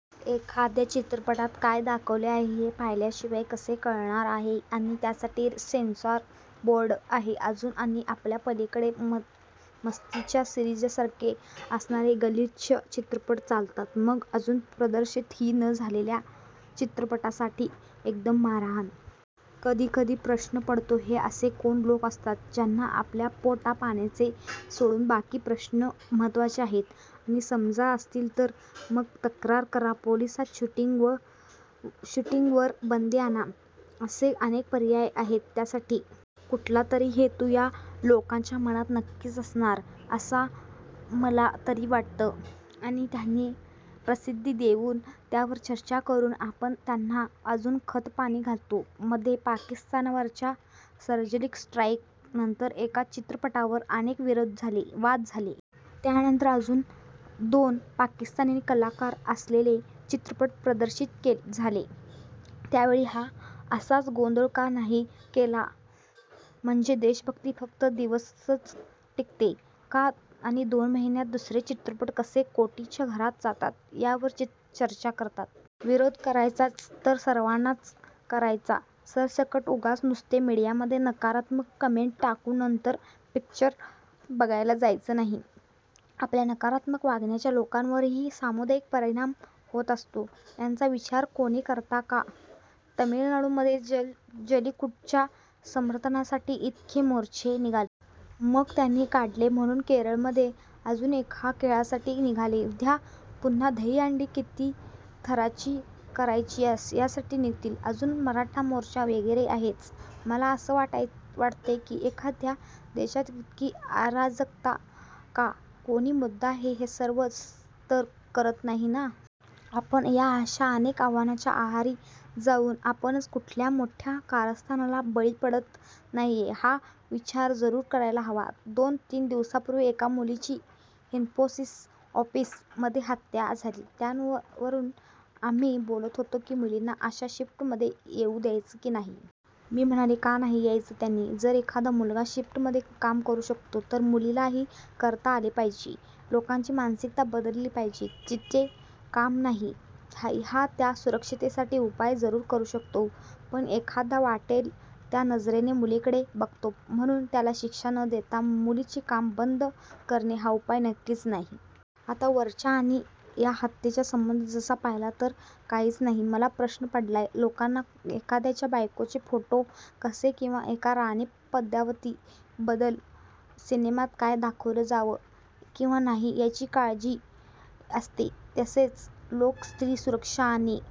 एखाद्या चित्रपटात काय दाखवले आहे हे पाहिल्याशिवाय कसे कळणार आहे? आणि त्यासाठी सेन्सॉर बोर्ड आहे अजून. आणि आपल्याकडे मस्ती च्या सिरीजसारखे असणारे गलिच्छ चित्रपट चालतात, मग अजून प्रदर्शितही न झालेल्या चित्रपटासाठी एकदम मारहाण? कधी कधी प्रश्न पडतो हे असे कोण लोक असतात ज्यांना आपल्या पोटापाण्याचे सोडून बाकी प्रश्न महत्वाचे आहेत? आणि समजा असतील तर मग तक्रार करा पोलिसात, शूटिंग वर बंदी आणा, असे अनेक पर्याय आहेत त्यासाठी. कुठला तरी हेतू या लोकांच्या मनात नक्कीच असणार असं मला तरी वाटतं आणि त्यांना प्रसिद्धी देऊन, त्यावर चर्चा करून आपण त्यांना अजून खतपाणी घालतो. मध्ये पाकिस्तानवरच्या सर्जिकल स्ट्राईक नंतर, एका चित्रपटावर अनेक विरोध झाले, वाद झाले. त्यानंतर अजून दोन पाकिस्तानी कलाकार असलेले चित्रपट प्रदर्शित झाले. त्यावेळी हा असाच गोंधळ का नाही केला गेला? म्हणजे देशभक्ती फक्त दिवसच टिकते का? आणि दोन महिन्यात, दुसरे चित्रपट कसे कोटीच्या घरात जातात यावर चर्चा करतात. विरोध करायचाच तर सर्वांनाच करायचा, सरसकट. उगाच नुसते मीडियामध्ये नकारात्मक कमेंट टाकून नंतर पिक्चर बघायला जायचे नाही. आपल्या नकारात्मक वागण्याचा लोकांवरही सामुदायिक परिणाम होत असतो याचा विचार कुणी करतं का? तामिळनाडू मध्ये जल्लीकटूच्या समर्थनासाठी इतके मोर्चे निघाले. मग त्यांनी काढले म्हणून केरळमध्ये अजून एका खेळासाठी निघाले. उद्या पुन्हा दहीहंडी किती थरांची करायची यासाठी निघतील. अजून मराठा मोर्चा वगैरे आहेच. मला असं वाटतंय की एखाद्या देशात इतकी अराजकता का? कोणी मुद्दाम हे सर्व तर करत नाहीये ना? आपण या अशा अनेक आवाहनांच्या आहारी जाऊन आपणच कुठल्या मोठ्या कारस्थानाला बळी पडत नाहीये ना हा विचार जरूर करायला हवा. दोन तीन दिवसांपूर्वी एका मुलीची इन्फोसिस ऑफिस मध्ये हत्या झाली. त्यावरून आम्ही बोलत होतो की मुलींना अशा शिफ्ट मध्ये येऊ द्यायचं की नाही? मी म्हणले का नाही यायचं त्यांनी? जर एखादा मुलगा शिफ्ट मध्ये काम करू शकतो तर मुलीलाही करता आले पाहिजे. लोकांची मानसिकता बदलली पाहिजे, तिचे काम नाही? हा, त्या सुरक्षिततेसाठी उपाय जरूर करू शकतो, पण एखादा वाटेल त्या नजरेने मुलीकडे बघतो म्हणून त्याला शिक्षा न देता मुलींचे काम बंद करणे हा उपाय नक्कीच नाही. आता वरच्या आणि या हत्येचा संबंध तसा पाहिला तर काहीच नाही. पण मला प्रश्न पडलाय, लोकांना एखाद्याच्या बायकोचे फोटो कसे किंवा एका राणी पद्मावती बद्दल सिनेमात काय दाखवलं जावं किंवा नाही याची इतकी काळजी असते, तेच लोक स्त्री सुरक्षा आणि